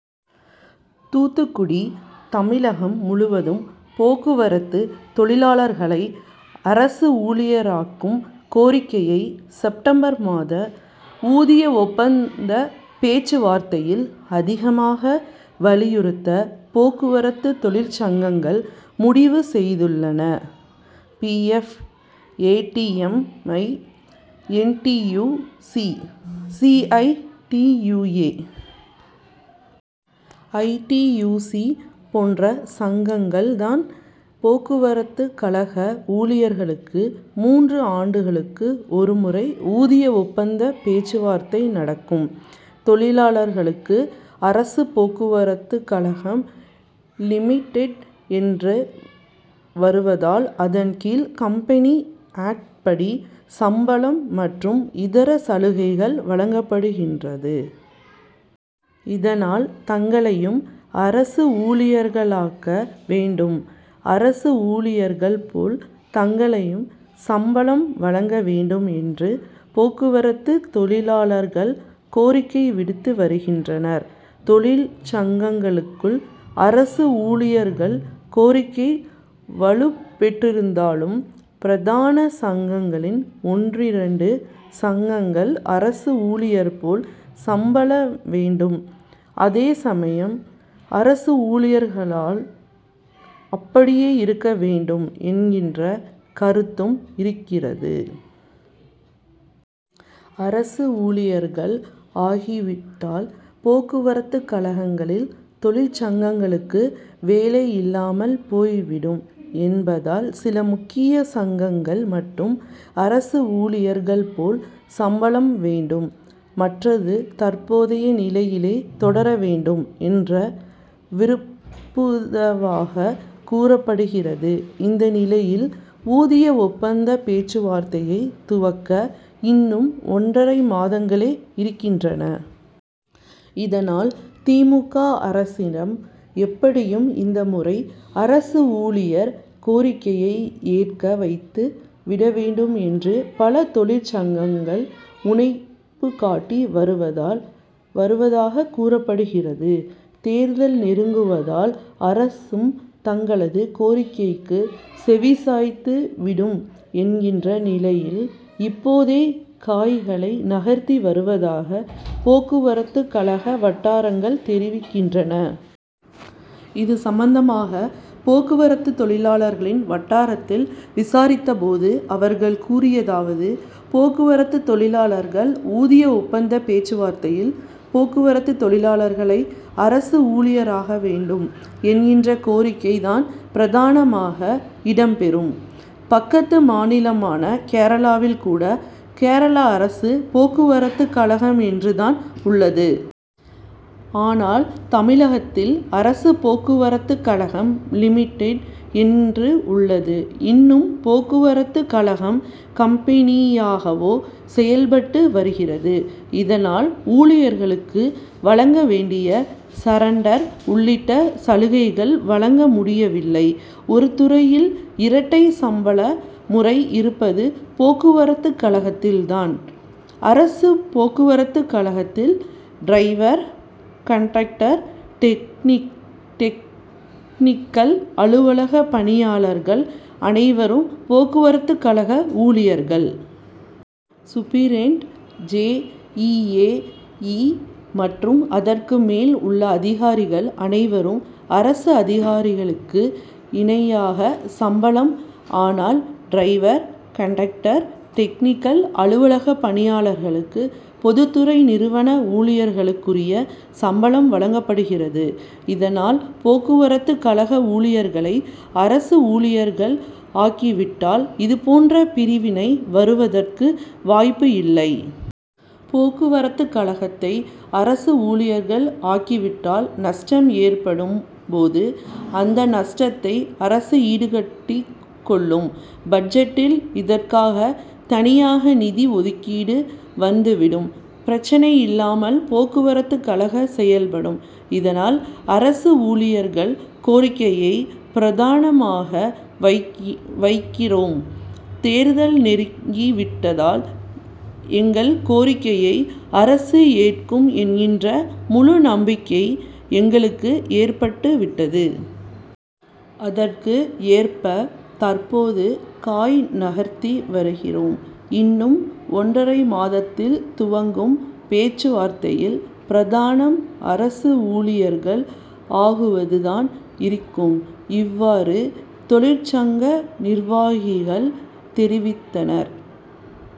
தூத்துக்குடி தமிழகம் முழுவதும் போக்குவரத்து தொழிலாளர்களை அரசு ஊழியராக்கும் கோரிக்கையை செப்டம்பர் மாத ஊதிய ஒப்பந்த பேச்சுவார்த்தையில் அதிகமாக வலியுறுத்த போக்குவரத்து தொழிற்சங்கங்கள் முடிவு செய்துள்ளன. P. F, A. T. M, I. N. T. U. C, C. I. T. U, A. I. T. U. C போன்ற சங்கங்கள் தான். போக்குவரத்துகழக ஊழியர்களுக்கு மூன்று ஆண்டுகளுக்கு ஒரு முறை ஊதிய ஒப்பந்த பேச்சுவார்த்தை நடக்கும். தொழிலாளர்களுக்கு அரசு போக்குவரத்துகழகம் லிமிடெட் என்று வருவதால் அதன் கீழ் கம்பெனி ஆக்ட் படி சம்பளம் மற்றும் இதர சலுகைகள் வழங்கப்படுகிறது. இதனால் தங்களையும் அரசு ஊழியர்களாக்க வேண்டும். அரசு ஊழியர்கள் போல் தங்களுக்கும் சம்பளம் வழங்க வேண்டும் என்று போக்குவரத்து தொழிலாளர்கள் கோரிக்கை விடுத்து வருகின்றனர். தொழிற்சங்கங்களுக்குள் அரசு ஊழியர்கள் கோரிக்கை வலுப்பெற்றிருந்தாலும் பிரதான சங்கங்களில் ஒன்றிரெண்டு சங்கங்கள் அரசு ஊழியர் போல் சம்பளம் வேண்டும். அதே சமயம் அரசு ஊழியராக்காமல் அப்படியே இருக்க வேண்டும் என்கிற கருத்தும் இருக்கிறது. அரசு ஊழியர்கள் ஆகி விட்டால் போக்குவரத்துகழகங்களில் தொழிற்சங்கங்களுக்கு வேலை இல்லாமல் போய்விடும் என்பதால் சில முக்கிய சங்கங்கள் மட்டும் அரசு ஊழியர்கள் போல் சம்பளம் வேண்டும். மற்றது தற்போதைய நிலையிலே தொடர வேண்டும் என்று விரும்புதவாக கூறப்படுகிறது. இந்நிலையில் ஊதிய ஒப்பந்த பேச்சுவார்த்தையை துவக்க இன்னும் ஒன்றரை மாதங்களே இருக்கின்றன. இதனால் திமுக அரசிடம் எப்படியும் இந்த முறை அரசு ஊழியர் கோரிக்கையை ஏற்க வைத்து விட வேண்டும் என்று பல தொழிற்சங்கங்கள் முனைப்புகாட்டி வருவதாக கூறப்படுகிறது. தேர்தல் நெருங்குவதால் அரசும் தங்களது கோரிக்கைக்கு செவிசாய்த்து விடும் என்கிற நிலையில் இப்போதே காய்களை நகர்த்தி வருவதாக போக்குவரத்துகழக வட்டாரங்கள் தெரிவிக்கின்றன. இது சம்பந்தமாக போக்குவரத்து தொழிற்சங்கங்களின் வட்டாரத்தில் விசாரித்த போது அவர்கள் கூறியதாவது போக்குவரத்து தொழிலாளர்கள் ஊதிய ஒப்பந்த பேச்சுவார்த்தையில் போக்குவரத்து தொழிலாளர்களை அரசு ஊழியராக்க வேண்டும் என்கிற கோரிக்கை தான் பிரதானமாக இடம் பெறும். பக்கத்து மாநிலமான கேரளாவில் கூட கேரள அரசு போக்குவரத்துகழகம் என்று தான் உள்ளது. ஆனால் தமிழகத்தில் அரசு போக்குவரத்துகழகம் லிமிடட் என்று உள்ளது. இன்னும் போக்குவரத்துகழகம் கம்பெனியாகவே செயல்பட்டு வருகிறது. இதனால் ஊழியர்களுக்கு வழங்க வேண்டிய சரண்டர் உள்ளிட்ட சலுகைகள் வழங்க முடியவில்லை. ஒரு துறையில் இரட்டை சம்பள முறை இருப்பது போக்குவரத்துகழகத்தில் தான். அரசு போக்குவரத்துகழகத்தில் டிரைவர், கண்டக்டர், டெக்னிக்கல், அலுவலக பணியாளர்கள் அனைவரும் போக்குவரத்துகழக ஊழியர்கள். சூப்பிரெண்ட், ஜெ. இ., ஏ. இ மற்றும் அதற்கு மேல் உள்ள அதிகாரிகள் அனவருக்கும் அரசு அதிகாரிகளுக்கு இணையான சம்பளம். ஆனால் டிரைவர், கண்டக்டர், டெக்னிக்கல், அலுவலக பணியாளர்களுக்கு பொதுத்துறை நிறுவன ஊழியர்களுக்குரிய சம்பளம் வழங்கப்படுகிறது. இதனால் போக்குவரத்துகழக ஊழியர்களை அரசு ஊழியர்கள் ஆக்கிவிட்டால் இதுபோன்ற பிரிவினை வருவதற்கு வாய்ப்பு இல்லை. போக்குவரத்துகழகத்தை அரசு ஊழியர்கள் ஆக்கிவிட்டால் நஷ்டம் ஏற்படும் போது அந்த நஷ்டத்தை அரசு ஈடுகட்டிக் கொள்ளும். பட்ஜெட்டில் இதற்காக தனியாக நிதி ஒதுக்கீடு வந்துவிடும். பிரச்னை இல்லாமல் போக்குவரத்துகழகம் செயல்படும். இதனால் அரசு ஊழியர்கள் கோரிக்கையை பிரதானமாக வைக்கிறோம். தேர்தல் நெருங்கி விட்டதால் எங்கள் கோரிக்கையை அரசு ஏற்கும் என்கிற முழு நம்பிக்கை எங்களுக்கு ஏற்பட்டு விட்டது. அதற்கு ஏற்ப தற்போது காய் நகர்த்தி வருகிறோம். இன்னும் ஒன்றரை மாதத்தில் துவங்கும் பேச்சுவார்த்தையில் பிரதானம் அரசு ஊழியர்கள் ஆக்குவது தான் இருக்கும். இவ்வாறு தொழிற்சங்க நிர்வாகிகள் தெரிவித்தனர்.